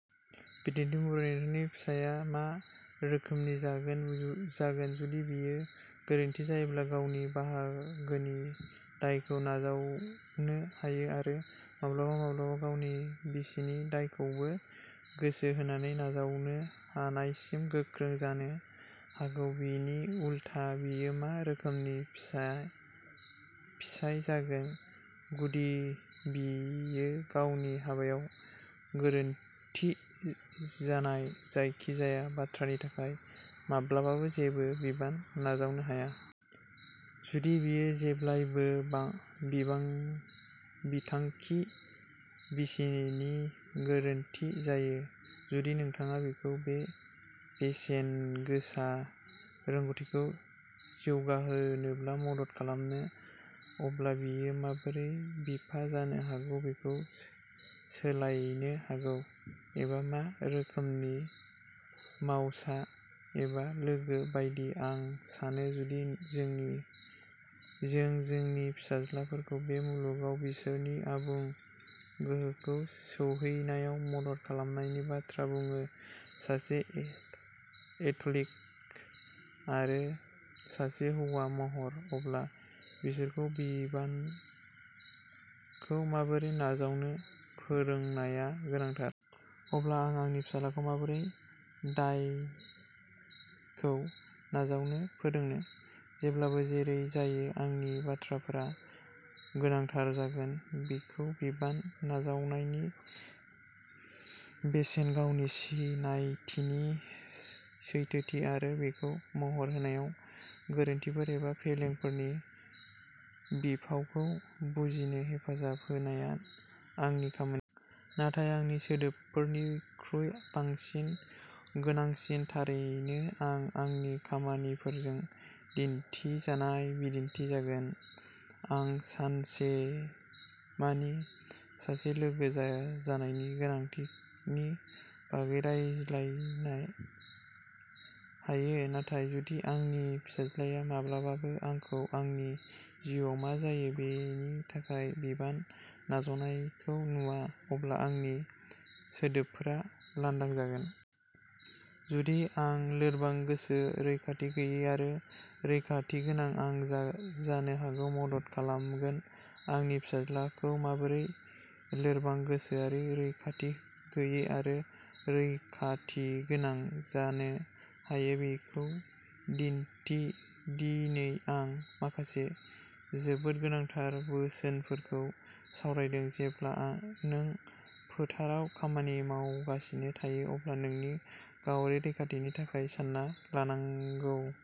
बिदिन्थि महरै, नोंथांनि फिसाया मा रोखोमनि जागोन जुदि बियो गोरोन्थि जायोब्ला गावनि बाहागोनि दायखौ नाजावनो हायो, आरो माब्लाबा माब्लाबा गावनि बिसिनि दायखौबो गोसो होनानै नाजावनो हानायसिम गोख्रों जानो हागौ? बिनि उलथा, बियो मा रोखोमनि फिसाय जागोन जुदि बियो गावनि हाबायाव गोरोन्थि जानाय जायखिजाया बाथ्रानि थाखाय माब्लाबाबो जेबो बिबान नाजावनो हाया? जुदि बेयो जेब्लाबो बिथांनि बिसिनि गोरोन्थि जायो? जुदि नोंथाङा बिखौ बे बेसेनगोसा रोंग'थिखौ जौगाहोनायाव मदद खालामो, अब्ला बियो माबोरै बिफा जानो हायो बेखौ सोलायनो हागौ? एबा मा रोखोमनि। मावसा? एबा लोगो बायदि? आं सानो, जुदि जों जोंनि फिसाज्लाफोरखौ बे मुलुगाव बिसोरनि आबुं गोहोखौ सौहैनायाव मदद खालामनायनि बाथ्रा बुङो, सासे एथलीट आरो सासे हौवा महरै, अब्ला बिसोरखौ बिबानखौ माबोरै नाजावनो फोरोंनाया गोनांथार। अब्ला आं आंनि फिसाज्लाखौ माबोरै दायखौ नाजावनो फोरोंनो? जेब्लाबो जेरै जायो, आंनि बाथ्राफोरा गोनांथार जागोन। बिखौ बिबान नाजावनायनि बेसेन, गावनि सिनायथिनि सैथोथि, आरो बेखौ महर होनायाव गोरोन्थिफोर एबा फेलेंफोरनि बिफावखौ बुजिनो हेफाजाब होनाया आंनि खामानि। नाथाय आंनि सोदोबफोरनिख्रुइ बांसिन गोनांसिन, थारैनो, आं आंनि खामानिफोरजों दिन्थिजानाय बिदिन्थि जागोन। आं सानसेमानि सासे लोगो जानायनि गोनांथिनि बागै रायज्लायनो हायो, नाथाय जुदि आंनि फिसाज्लाया माब्लाबाबो आंखौ आंनि जिउआव मा जायो बेनि थाखाय बिबान नाजावनायखौ नुवा, अब्ला आंनि सोदोबफोरा लांदां जागोन। जुदि आं लोरबां-गोसो, रैखाथि गैयै, आरो रैखाथिगोनां, आं जानो हागौ मदद खालामगोन। आंनि फिसाज्लाखौ माबोरै लोरबां गोसोआरि, रैखाथि गैयै आरो रैखाथिगोनां जानो हायो बेखौ दिन्थि। दिनै आं माखासे जोबोद गोनांथार बोसोनफोरखौ सावरायदों, जेब्ला नों फोथाराव खामानि मावगासिनो थायो, अब्ला नोंनि गावारि रैखाथिनि थाखाय सानना लानांगौ।